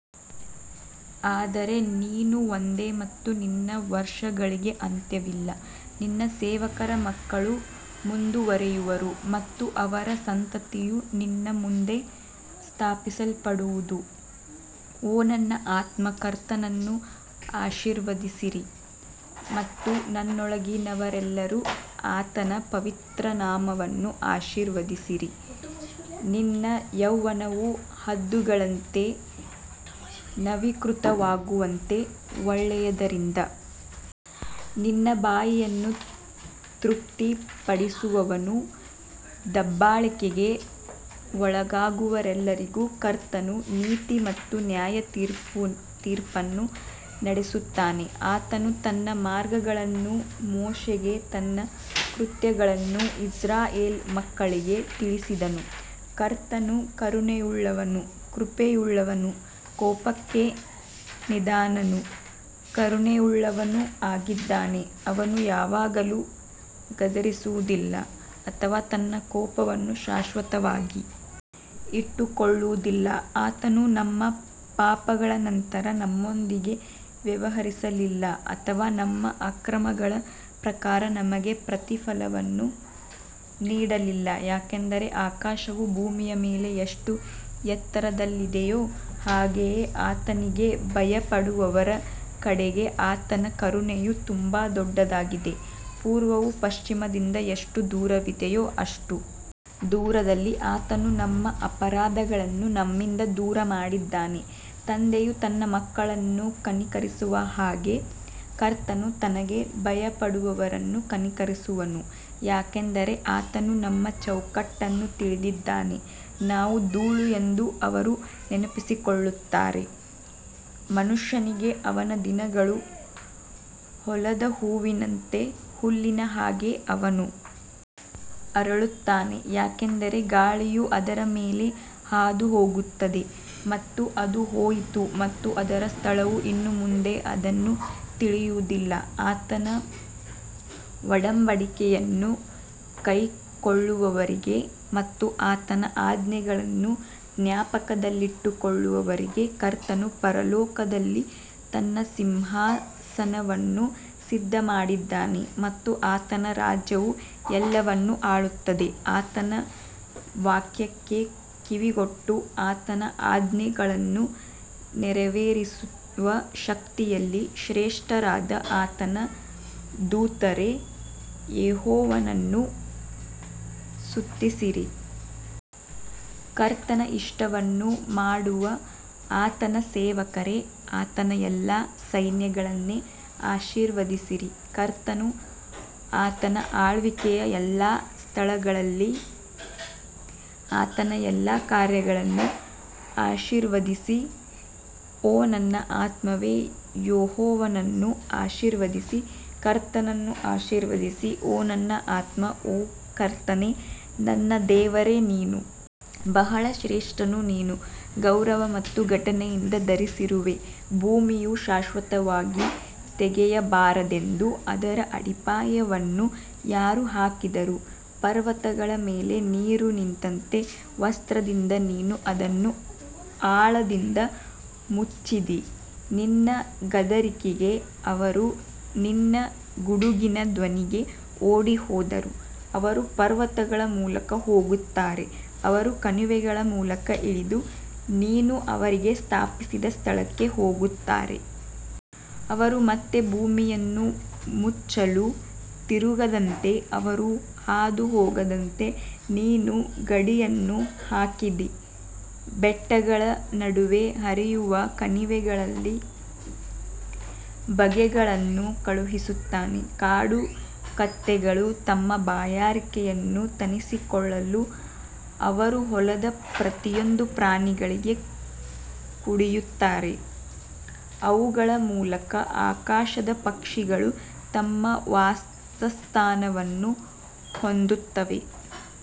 ಆದರೆ ನೀನು ಒಂದೇ ಮತ್ತು ನಿನ್ನ ವರ್ಷಗಳಿಗೆ ಅಂತ್ಯವಿಲ್ಲ ನಿನ್ನ ಸೇವಕರ ಮಕ್ಕಳು ಮುಂದುವರಿಯುವರು ಮತ್ತು ಅವರ ಸಂತತಿಯು ನಿನ್ನ ಮುಂದೆ ಸ್ಥಾಪಿಸಲ್ಪಡುವದು ಓ ನನ್ನ ಆತ್ಮ ಕರ್ತನನ್ನು ಆಶೀರ್ವದಿಸಿರಿ ಮತ್ತು ನನ್ನೊಳಗಿನವರೆಲ್ಲರೂ ಆತನ ಪವಿತ್ರ ನಾಮವನ್ನು ಆಶೀರ್ವದಿಸಿರಿ ನಿನ್ನ ಯೌವನವು ಹದ್ದುಗಳಂತೆ ನವೀಕೃತವಾಗುವಂತೆ ಒಳ್ಳೆಯದರಿಂದ ನಿನ್ನ ಬಾಯಿಯನ್ನು ತೃಪ್ತಿಪಡಿಸುವವನು ದಬ್ಬಾಳಿಕೆಗೆ ಒಳಗಾದವರೆಲ್ಲರಿಗೂ ಕರ್ತನು ನೀತಿ ಮತ್ತು ನ್ಯಾಯತೀರ್ಪನ್ನು ನಡೆಸುತ್ತಾನೆ ಆತನು ತನ್ನ ಮಾರ್ಗಗಳನ್ನು ಮೋಶೆಗೆ ತನ್ನ ಕೃತ್ಯಗಳನ್ನು ಇಸ್ರಾಯೇಲ್ ಮಕ್ಕಳಿಗೆ ತಿಳಿಸಿದನು ಕರ್ತನು ಕರುಣೆಯುಳ್ಳವನೂ ಕೃಪೆಯುಳ್ಳವನೂ ಕೋಪಕ್ಕೆ ನಿಧಾನನೂ ಕರುಣೆಯುಳ್ಳವನೂ ಆಗಿದ್ದಾನೆ ಅವನು ಯಾವಾಗಲೂ ಗದರಿಸುವುದಿಲ್ಲ ಅಥವಾ ತನ್ನ ಕೋಪವನ್ನು ಶಾಶ್ವತವಾಗಿ ಇಟ್ಟುಕೊಳ್ಳುವುದಿಲ್ಲ ಆತನು ನಮ್ಮ ಪಾಪಗಳ ನಂತರ ನಮ್ಮೊಂದಿಗೆ ವ್ಯವಹರಿಸಲಿಲ್ಲ ಅಥವಾ ನಮ್ಮ ಅಕ್ರಮಗಳ ಪ್ರಕಾರ ನಮಗೆ ಪ್ರತಿಫಲವನ್ನು ನೀಡಲಿಲ್ಲ ಯಾಕಂದರೆ ಆಕಾಶವು ಭೂಮಿಯ ಮೇಲೆ ಎಷ್ಟು ಎತ್ತರದಲ್ಲಿದೆಯೋ ಹಾಗೆಯೇ ಆತನಿಗೆ ಭಯಪಡುವವರ ಕಡೆಗೆ ಆತನ ಕರುಣೆಯು ತುಂಬಾ ದೊಡ್ಡದಾಗಿದೆ ಪೂರ್ವವು ಪಶ್ಚಿಮದಿಂದ ಎಷ್ಟು ದೂರವಿದೆಯೋ ಅಷ್ಟು ದೂರದಲ್ಲಿ ಆತನು ನಮ್ಮ ಅಪರಾಧಗಳನ್ನು ನಮ್ಮಿಂದ ದೂರಮಾಡಿದ್ದಾನೆ ತಂದೆಯು ತನ್ನ ಮಕ್ಕಳನ್ನು ಕನಿಕರಿಸುವ ಹಾಗೆ ಕರ್ತನು ತನಗೆ ಭಯಪಡುವವರನ್ನು ಕನಿಕರಿಸುವನು ಯಾಕಂದರೆ ಆತನು ನಮ್ಮ ಚೌಕಟ್ಟನ್ನು ತಿಳಿದಿದ್ದಾನೆ ನಾವು ಧೂಳು ಎಂದು ಅವರು ನೆನಪಿಸಿಕೊಳ್ಳುತ್ತಾರೆ ಮನುಷ್ಯನಿಗೆ ಅವನ ದಿನಗಳು ಹೊಲದ ಹೂವಿನಂತೆ ಹುಲ್ಲಿನ ಹಾಗೆ ಅವನು ಅರಳುತ್ತಾನೆ ಯಾಕಂದರೆ ಗಾಳಿಯು ಅದರ ಮೇಲೆ ಹಾದುಹೋಗುತ್ತದೆ ಮತ್ತು ಅದು ಹೋಯಿತು ಮತ್ತು ಅದರ ಸ್ಥಳವು ಇನ್ನು ಮುಂದೆ ಅದನ್ನು ತಿಳಿಯುವುದಿಲ್ಲ ಆತನ ಒಡಂಬಡಿಕೆಯನ್ನು ಕೈಕೊಳ್ಳುವವರಿಗೆ ಮತ್ತು ಆತನ ಆಜ್ಞೆಗಳನ್ನು ಜ್ಞಾಪಕದಲ್ಲಿಟ್ಟುಕೊಳ್ಳುವವರಿಗೆ ಕರ್ತನು ಪರಲೋಕದಲ್ಲಿ ತನ್ನ ಸಿಂಹಾಸನವನ್ನು ಸಿದ್ಧಮಾಡಿದ್ದಾನೆ ಮತ್ತು ಆತನ ರಾಜ್ಯವು ಎಲ್ಲವನ್ನು ಆಳುತ್ತದೆ ಆತನ ವಾಕ್ಯಕ್ಕೆ ಕಿವಿಗೊಟ್ಟು ಆತನ ಆಜ್ಞೆಗಳನ್ನು ನೆರವೇರಿಸುವ ಶಕ್ತಿಯಲ್ಲಿ ಶ್ರೇಷ್ಠರಾದ ಆತನ ದೂತರೇ, ಯೆಹೋವನನ್ನು ಸ್ತುತಿಸಿರಿ. ಕರ್ತನ ಇಷ್ಟವನ್ನು ಮಾಡುವ ಆತನ ಸೇವಕರೇ, ಆತನ ಎಲ್ಲಾ ಸೈನ್ಯಗಳನ್ನೇ ಆಶೀರ್ವದಿಸಿರಿ ಕರ್ತನು ಆತನ ಆಳ್ವಿಕೆಯ ಎಲ್ಲಾ ಸ್ಥಳಗಳಲ್ಲಿ ಆತನ ಎಲ್ಲಾ ಕಾರ್ಯಗಳನ್ನು ಆಶೀರ್ವದಿಸಿ ಓ ನನ್ನ ಆತ್ಮವೇ ಯೆಹೋವನನ್ನು ಆಶೀರ್ವದಿಸಿ ಕರ್ತನನ್ನು ಆಶೀರ್ವದಿಸಿ ಓ ನನ್ನ ಆತ್ಮ ಓ ಕರ್ತನೇ ನನ್ನ ದೇವರೇ ನೀನು ಬಹಳ ಶ್ರೇಷ್ಠನು ನೀನು ಗೌರವ ಮತ್ತು ಘನತೆಯಿಂದ ಧರಿಸಿರುವೆ ಭೂಮಿಯು ಶಾಶ್ವತವಾಗಿ ತೆಗೆಯಬಾರದೆಂದು ಅದರ ಅಡಿಪಾಯವನ್ನು ಯಾರು ಹಾಕಿದರು ಪರ್ವತಗಳ ಮೇಲೆ ನೀರು ನಿಂತಂತೆ ವಸ್ತ್ರದಿಂದ ನೀನು ಅದನ್ನು ಆಳದಿಂದ ಮುಚ್ಚಿದ್ದೀ ನಿನ್ನ ಗದರಿಕೆಗೆ ಅವರು ನಿನ್ನ ಗುಡುಗಿನ ಧ್ವನಿಗೆ ಓಡಿಹೋದರು ಅವರು ಪರ್ವತಗಳ ಮೂಲಕ ಹೋಗುತ್ತಾರೆ, ಅವರು ಕಣಿವೆಗಳ ಮೂಲಕ ಇಳಿದು ನೀನು ಅವರಿಗೆ ಸ್ಥಾಪಿಸಿದ ಸ್ಥಳಕ್ಕೆ ಹೋಗುತ್ತಾರೆ. ಅವರು ಮತ್ತೆ ಭೂಮಿಯನ್ನು ಮುಚ್ಚಲು ತಿರುಗದಂತೆ ಅವರು ಹಾದುಹೋಗದಂತೆ ನೀನು ಗಡಿಯನ್ನು ಹಾಕಿದ್ದೀ ಬೆಟ್ಟಗಳ ನಡುವೆ ಹರಿಯುವ ಕಣಿವೆಗಳಲ್ಲಿ ಬುಗ್ಗೆಗಳನ್ನು ಕಳುಹಿಸುತ್ತಾನೆ ಕಾಡು ಕತ್ತೆಗಳು ತಮ್ಮ ಬಾಯಾರಿಕೆಯನ್ನು ತಣಿಸಿಕೊಳ್ಳಲು ಅವರು ಹೊಲದ ಪ್ರತಿಯೊಂದು ಪ್ರಾಣಿಗಳಿಗೆ ಕುಡಿಯುತ್ತಾರೆ ಅವುಗಳ ಮೂಲಕ ಆಕಾಶದ ಪಕ್ಷಿಗಳು ತಮ್ಮ ವಾಸಸ್ಥಾನವನ್ನು ಹೊಂದುತ್ತವೆ,